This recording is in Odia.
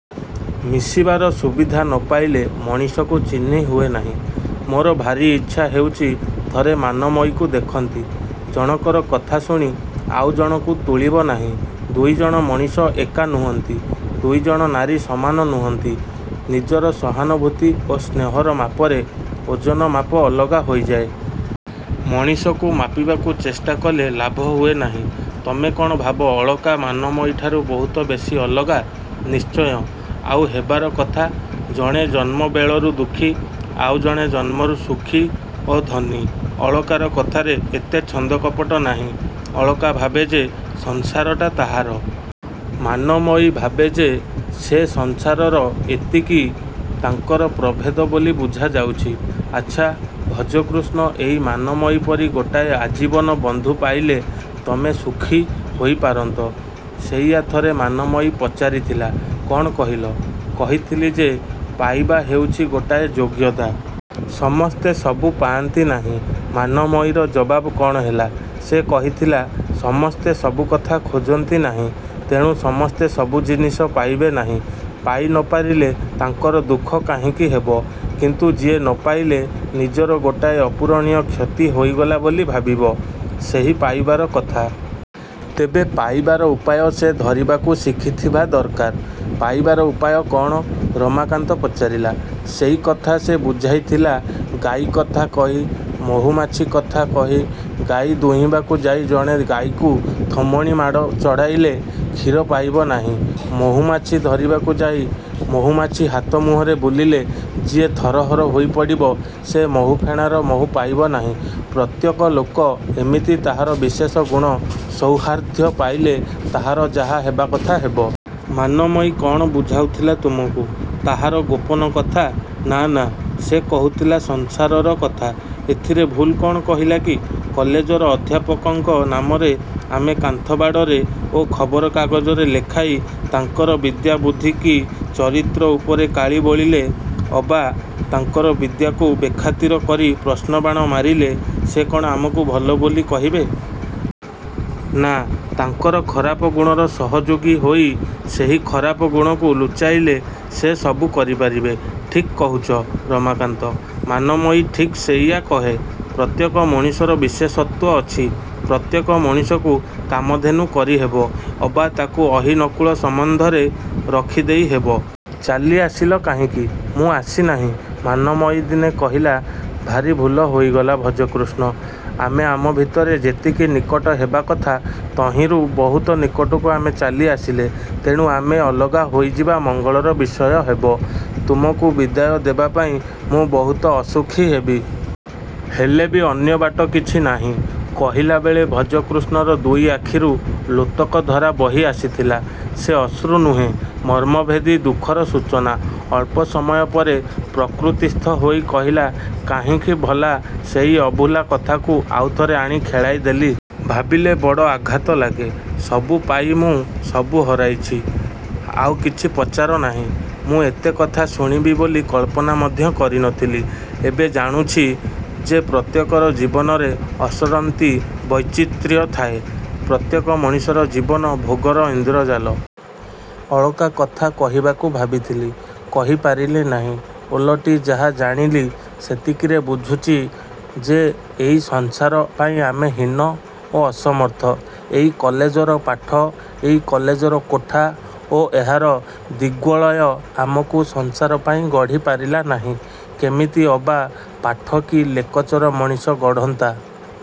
ମିଶିବାର ସୁବିଧା ନ ପାଇଲେ ମଣିଷକୁ ଚିହ୍ନିହୁଏ ନାହିଁ। -ମୋର ଭାରି ଇଛା ହେଉଛି ଥରେ ମାନମୟୀକୁ ଦେଖନ୍ତି। -ଜଣକର କଥାଶୁଣି ଆଉ ଜଣକୁ ତୁଳିବ ନାହିଁ। ଦୁଇଜଣ ମଣିଷ ଏକା ନୁହଁନ୍ତି। ଦୁଇଜଣ ନାରୀ ସମାନ ନୁହଁନ୍ତି। ନିଜର ସହାନୁଭୂତି ଓ ସ୍ନେହର ମାପରେ ଓଜନ ମାପ ଅଲଗା ହେଇଯାଏ। ମଣିଷକୁ ମାପିବାକୁ ଚେଷ୍ଟାକଲେ ଲାଭ ହୁଏ ନାହିଁ। -ତମେ କ'ଣ ଭାବ ଅଳକା ମାନମୟୀଠାରୁ ବହୁତ ବେଶୀ ଅଲଗା? -ନିଶ୍ଚୟ! ଆଉ ହେବାର କଥା। ଜଣେ ଜନ୍ମବେଳରୁ ଦୁଃଖୀ। ଆଉ ଜଣେ ଜନ୍ମରୁ ସୁଖୀ ଓ ଧନୀ। ଅଳକାର କଥାରେ ଏତେ ଛନ୍ଦକପଟ ନାହିଁ। ଅଳକା ଭାବେ ଯେ ସଂସାରଟା ତାହାର। ମାନମୟୀ ଭାବେ ଯେ ସେ ସଂସାରର-ଏତିକି ତାଙ୍କର ପ୍ରଭେଦ ବୋଲି ବୁଝା ଯାଉଛି। -ଆଛା, ଭଜକୃଷ୍ଣ, ଏଇ ମାନମୟୀ ପରି ଗୋଟାଏ ଆଜୀବନ ବନ୍ଧୁ ପାଇଲେ ତମେ ସୁଖୀ ହୋଇ ପାରନ୍ତ? -ସେଇଆ ଥରେ ମାନମୟୀ ପଚାରିଥିଲା। -କ'ଣ କହିଲ? -କହିଥିଲି ଯେ ପାଇବା ହେଉଛି ଗୋଟାଏ ଯୋଗ୍ୟତା। ସମସ୍ତେ ସବୁ ପାଆନ୍ତି ନାହିଁ। -ମାନମୟୀର ଜବାବ କ'ଣ ହେଲା? -ସେ କହିଥିଲା ସମସ୍ତେ ସବୁକଥା ଖୋଜନ୍ତି ନାହିଁ। ତେଣୁ ସମସ୍ତେ ସବୁ ଜିନିଷ ପାଇବେ ନାହିଁ। ପାଇ ନ ପାରିଲେ ତାଙ୍କର ଦୁଃଖ କାହିଁକି ହେବ? କିନ୍ତୁ ଯିଏ ନ ପାଇଲେ ନିଜର ଗୋଟାଏ ଅପୂରଣୀୟ କ୍ଷତି ହୋଇଗଲା ବୋଲି ଭାବିବ-ସେହି ପାଇବାର କଥା। ତେବେ ପାଇବାର ଉପାୟ ସେ ଧରିବାକୁ ଶିଖିଥିବା ଦରକାର। -ପାଇବାର ଉପାୟ କ'ଣ? -ରମାକାନ୍ତ ପଚାରିଲା। -ସେଇ କଥା ସେ ବୁଝାଇଥିଲା ଗାଈକଥା କହି-ମହୁମାଛି କଥା। କହି। ଗାଈ ଦୁହିଁବାକୁ ଯାଇ ଜଣେ ଗାଈକୁ ଥୋମଣିମାଡ଼ ଚଢ଼ାଇଲେ କ୍ଷୀର ପାଇବ ନାହିଁ। ମହୁମାଛି ଧରିବାକୁ ଯାଇ ମହୁମାଛି ହାତ ମୁହଁରେ ବୁଲିଲେ ଯିଏ ଥରହର ହୋଇ ପଡ଼ିବ, ସେ ମହୁଫେଣାର ମହୁ ପାଇବ ନାହିଁ ପ୍ରତ୍ୟେକ ଲୋକ ଏମିତି ତାହାର ବିଶେଷ ଗୁଣର ସୌହାର୍ଦ୍ଦ୍ୟ ପାଇଲେ ତାହାର ଯାହା ହେବା କଥା ହେବ। -ମାନମୟୀ କ'ଣ ବୁଝାଉଥିଲା ତୁମକୁ ତାହାର ଗୋପନ କଥା? -ନା-ନା। ସେ କହୁଥିଲା ସଂସାରର କଥା। ଏଥିରେ ଭୁଲ କ'ଣ କହିଲା କି? କଲେଜର ଅଧ୍ୟାପକଙ୍କ ନାମରେ ଆମେ କାନ୍ଥବାଡ଼ରେ ଓ ଖବର କାଗଜରେ ଲେଖାଇ ତାଙ୍କର ବିଦ୍ୟାବୁଦ୍ଧି କି ଚରିତ୍ର ଉପରେ କାଳି ବୋଳିଲେ ଅବା ତାଙ୍କର ବିଦ୍ୟାକୁ ବେଖାତିର କରି ପ୍ରଶ୍ନବାଣ ମାରିଲେ ସେ କ'ଣ ଆମକୁ ଭଲ ବୋଲି କହିବେ? -ନା, ତାଙ୍କର ଖରାପ ଗୁଣର ସହଯୋଗୀ ହୋଇ ସେହି ଖରାପ ଗୁଣକୁ ଲୁଚାଇଲେ ସେ ସବୁ କରି ପାରିବେ। -ଠିକ୍ କହୁଛ, ରମାକାନ୍ତ। ମାନମୟୀ ଠିକ୍ ସେଇଆ କହେ। ପ୍ରତ୍ୟେକ ମଣିଷର ବିଶେଷତ୍ୱ ଅଛି। ପ୍ରତ୍ୟେକ ମଣିଷକୁ କାମଧେନୁ କରିହେବ ଅବା ତା'କୁ ଅହି-ନକୁଳ ସମ୍ୱନ୍ଧରେ ରଖିଦେଇ ହେବ। -ଚାଲି ଆସିଲ କାହିଁକି? -ମୁଁ ଆସି ନାହିଁ। ମାନମୟୀ ଦିନେ କହିଲା-ଭାରି ଭୁଲ ହୋଇଗଲା ଭଜକୃଷ୍ଣ। ଆମେ ଆମ ଭିତରେ ଯେତିକି ନିକଟ ହେବା କଥା ତହିଁରୁ ବହୁତ ନିକଟକୁ ଆମେ ଚାଲି ଆସିଲେ। ତେଣୁ ଆମେ ଅଲଗା ହୋଇଯିବା ମଙ୍ଗଳର ବିଷୟ ହେବ। ତୁମକୁ ବିଦାୟ ଦେବା ପାଇଁ ମୁଁ ବହୁତ ଅସୁଖୀ ହେବି। ହେଲେ ବି ଅନ୍ୟ ବାଟ କିଛି ନାହିଁ। କହିଲା ବେଳେ ଭଜକୃଷ୍ଣର ଦୁଇ ଆଖିରୁ ଲୋତକଧାରା ବହି ଆସିଥିଲା। ସେ ଅଶ୍ରୁ ନୁହେଁ-ମର୍ମଭେଦୀ ଦୁଃଖର ସୂଚନା। ଅଳ୍ପ ସମୟ ପରେ ପ୍ରକୃତିସ୍ଥ ହୋଇ କହିଲା-କାହିଁକି ଭଲା ସେଇ ଅଭୁଲା କଥାକୁ ଆଉ ଥରେ ଆଣି ଖେଳାଇ ଦେଲି। ଭାବିଲେ ବଡ଼ ଆଘାତ ଲାଗେ। ସବୁ ପାଇ ମୁଁ ସବୁ ହରାଇଛି। ଆଉ କିଛି ପଚାର ନାହିଁ-। ମୁଁ ଏତେ କଥା ଶୁଣିବି ବୋଲି କଳ୍ପନା ମଧ୍ୟ କରି ନ ଥିଲି। ଏବେ ଜାଣୁଛି ଯେ ପ୍ରତ୍ୟେକର ଜୀବନରେ ଅସରନ୍ତି ବୈଚିତ୍ର୍ୟ ଥାଏ। ପ୍ରତ୍ୟେକ ମଣିଷର ଜୀବନ ଭୋଗର ଇନ୍ଦ୍ରଜାଲ-। ଅଳକା କଥା କହିବାକୁ ଭାବିଥିଲି। କହି ପାରିଲି ନାହିଁ। ଓଲଟି ଯାହା ଜାଣିଲି ସେତିକିରେ ବୁଝୁଛି ଯେ ଏଇ ସଂସାର ପାଇଁ ଆମେ ହୀନ ଓ ଅସମର୍ଥ। ଏଇ କଲେଜର ପାଠ, କଲେଜର କୋଠା ଓ ଏହାର ଦିଗ୍ବଳୟ ଆମକୁ ସଂସାର ପାଇଁ ଗଢ଼ି ପାରିଲା ନାହିଁ। -କେମିତି ଅବା ପାଠ କି ଲେକଚର ମଣିଷ ଗଢ଼ନ୍ତା?